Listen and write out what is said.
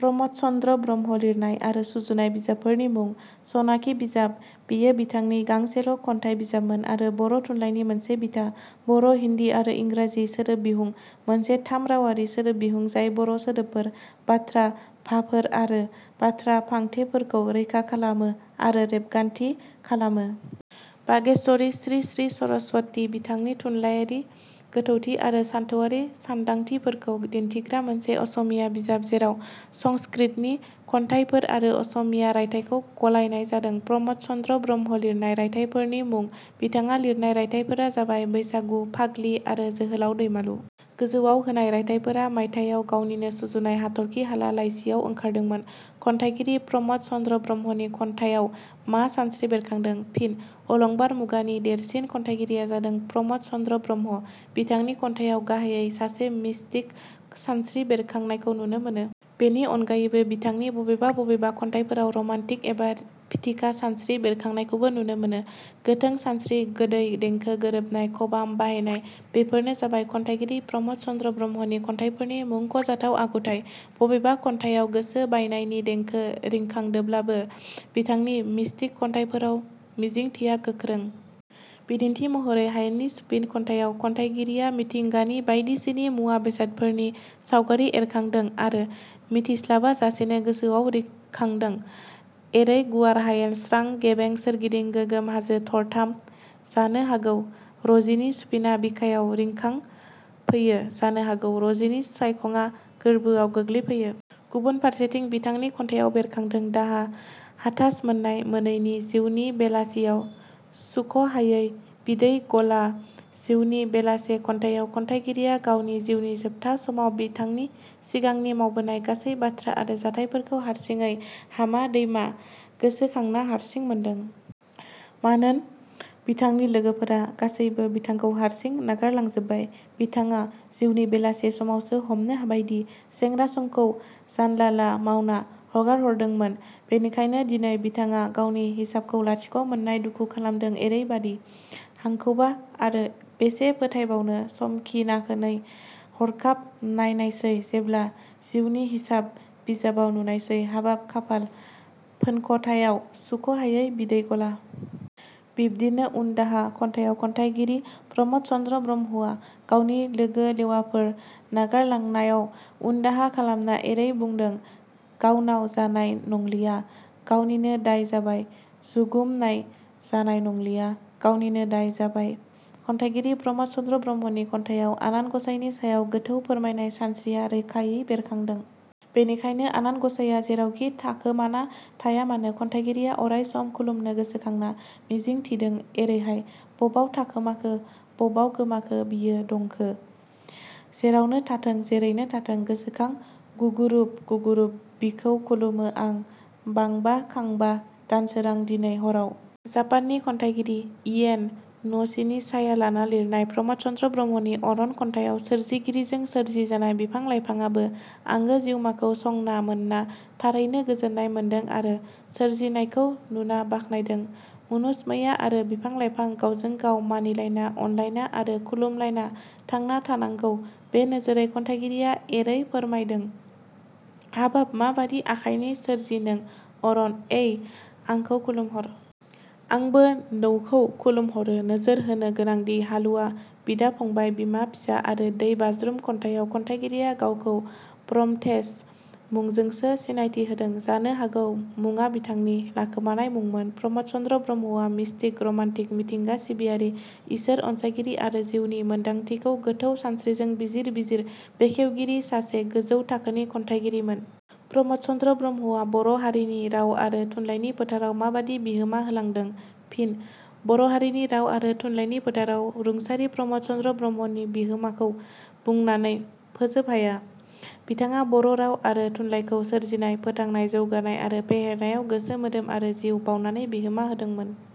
प्रम'द चन्द्र ब्रह्म लिरनाय आरो सुजुनाय बिजाबफोरनि मुं: सनाखि बिजाब – बेयो बिथांनि गांसेल' खन्थाइ बिजाबमोन आरो बर' थुनलायनि मोनसे बिथा। बर' हिन्दी आरो इंराजि सोदोबिहुं– मोनसे थाम रावारि सोदोबबिहुं जाय बर' सोदोबफोर, बाथ्रा भाफोर आरो बाथ्रा फांथेफोरखौ रैखा खालामो आरो रेबगान्थि खालामो। बागेश्वरी श्री श्री सरस्वती– बिथांनि थुनलायारि गोथौथि आरो सानथौआरि सानदांथिफोरखौ दिन्थिग्रा मोनसे असमिया बिजाब जेराव संस्कृतनि खन्थाइफोर आरो असमिया रायथाइखौ गलायनाय जादों। प्रम'द चन्द्र ब्रह्म लिरनाय रायथाइफोरनि मुं: बिथाङा लिरनाय रायथाइफोरा जाबाय- बैसागु, फाग्लि आरो जोहोलाव दैमालु। गोजौवाव होनाय राइथाइफोरा मायथायाव गावनिनो सुजुनाय हाथर्खि हाला लाइसियाव ओंखारदोंमोन।. खन्थाइगिरि प्रम'द चन्द्र ब्रह्मनि खन्थाइयाव मा सानस्रि बेरखांदों? फिन: अलंबार मुगानि देरसिन खन्थाइगिरिया जादों प्रम'द चन्द्र ब्रह्म। बिथांनि खन्थाइयाव गाहायै सासे मिसटिक सानस्रि बेरखांनायखौ नुनो मोनो। बेनि अनगायैबो बिथांनि बबेबा बबेबा खन्थाइफोराव रमान्टिक एबा फिथिखा सानस्रि बेरखांनायखौबो नुनो मोनो। गोथों सानस्रि, गोदै देंखो, गोरोबनाय खबाम बाहायनाय, बेफोरनो जाबाय खन्थाइगिरि प्रम'द चन्द्र ब्रह्मनि खन्थाइफोरनि मुंख'जाथाव आखुथाइ। बबेबा खन्थाइयाव गोसो बायनायनि देंखो रिखांदोब्लाबो, बिथांनि मिष्टिक खन्थाइफोराव मिजिंथिया गोख्रों। बिदिन्थि महरै- "हायेननि सुफिन "खन्थाइयाव खन्थाइगिरिया मिथिंगानि बायदिसिनि मुवा-बेसादफोरनि सावगारि एरखांदों आरो मिथिस्लाबा जासेनो गोसोआव रिखांदों एरै- "गुवार हायेन स्रां गेबें सोरगिदिं गोगोम हाजो थरथाम, जानो हागौ- रजिनि सुफिना बिखायाव रिखांफैयो जानो हागौ— रजिनि साइखङा गोर्बोआव गोग्लैफैयो। " गुबुन फारसेथिं, बिथांनि खन्थाइयाव बेरखांदों दाहा, हाथास मोन्नाय-मोनैनि "जिउनि बेलासेयाव सुख 'हायै बिदै ग'ला। " जिउनि बेलासे खन्थाइयाव खन्थाइगिरिया गावनि जिउनि जोबथा समाव बिथांनि सिगांनि मावबोनाय गासै बाथ्रा आरो जाथाइफोरखौ हारसिङै हामा दैमा गोसोखांना हारसिं मोनदों। मानोन बिथांनि लोगोफोरा गासैबो बिथांखौ हारसिं नागारलांजोबबाय। बिथाङा जिउनि बेलासे समावसो हमनो हाबायदि सेंग्रा समखौ जानला ला मावना हगारहरदोंमोन। बेनिखायनो दिनै बिथाङा गावनि हिसाबखौ लाथिख' मोननाय दुखु खालमदों एरैबादि – "हांखौबा आरो बेसे फोथायबावनो समखिनानै हरखाब नायनायसै जेब्ला जिउनि हिसाब बिजाबाव नुनायसै हाबाब खाफाल फोनख'थायाव सुख'हायै बिदै गला। " बिब्दिनो "उनदाहा" खन्थाइयाव खन्थाइगिरि प्रम'द चन्द्र ब्रह्मआ गावनि लोगो-लेवाफोरा नागारलांनायाव उनदाहा खालामना एरै बुंदों- "गावनाव जानाय नंलिया, गावनिनो दाय जाबाय, जुगुमनाय जानाय नंलिया, गावनिनो दाय जाबाय। " खन्थाइगिरि प्रम'द चन्द्र ब्रह्मनि खन्थाइयाव आनान ग'साइनि सायाव गोथौ फोरमायनाय सानस्रिया रोखायै बेरखांदों। बेनिखायनो आनान ग'साइया जेरावखि थाखोमाना थाया मानो खन्थाइगिरिया अराय सम खुलुमनो गोसोखांना मिजिंथिदों एरैहाय- "बबाव थाखोमाखो बबाव गोमाखो बियो दंखो? जेरावनो थांथों जैरैनो खांथों गोसोखां गुगुरुब गुगुरुब बिखौ खुलुमो आं बांबा खांबा दानसोरां दिनै हराव। " जापाननि खन्थाइगिरि इयेन न'वसिनि साया लाना लिरनाय प्रम'द चन्द्र ब्रह्मनि 'अरण' खन्थाइयाव सोरजिगिरिजों सोरजिजानाय बिफां लाइफाङाबो आंगो जिउमाखौ संना मोनना थारैनो गोजोन्नाय मोनदों आरो सोरजिनायखौ नुना बाखनायदों। मुनुसमैया आरो बिफां-लाइफां गावजों गाव मानिलायना, अनलायना आरो खुलुमलायना थांना थानांगौ बे नोजोरै खन्थाइगिरिया एरै फोरमायदों- "हाबाब माबादि आखाइनि सोरजि नों अरण ऐ आंखौ खुलुमहर! आंबो नौखौ खुलुमहरो………….। नोजोर होनो गोनांदि 'हालुवा', 'बिदा-फंबाय', 'बिमा-फिसा', आरो 'दै बाज्रुम' खन्थाइयाव खन्थाइगिरिया गावखौ 'प्रमथेश' मुंजोंसो सिनायथि होदों। जानो हागौ मुङा बिथांनि लाखोमानाय मुंमोन। प्रम'द चन्द्र ब्रह्मआ मिष्टिक, र'मान्टिक, मिथिंगा सिबियारि, इसोर अनसाइगिरि आरो जिउनि मोनदांथिखौ गोथौ सानस्रिजों बिजिर बिजिर बेखवगिरि सासे गोजौ थाखोनि खन्थाइगिरिमोन।. प्रम'द चन्द्र ब्रह्मआ बर' हारिनि राव आरो थुनलाइनि फोथाराव माबादि बिहोमा होलांदों? फिन: बर' हारिनि राव आरो थुनलाइनि फोथाराव रुंसारि प्रम'द चन्द्र ब्रह्मनि बिहोमाखौ बुंनानै फोजोब हाया। बिथाङा बर' राव आरो थुनलायखौ सोरजिनाय, फोथांनाय, जौगानाय आरो फेहेरनायाव गोसो मोदोम आरो जिउ बाउनानै बिहोमा होदोंमोन।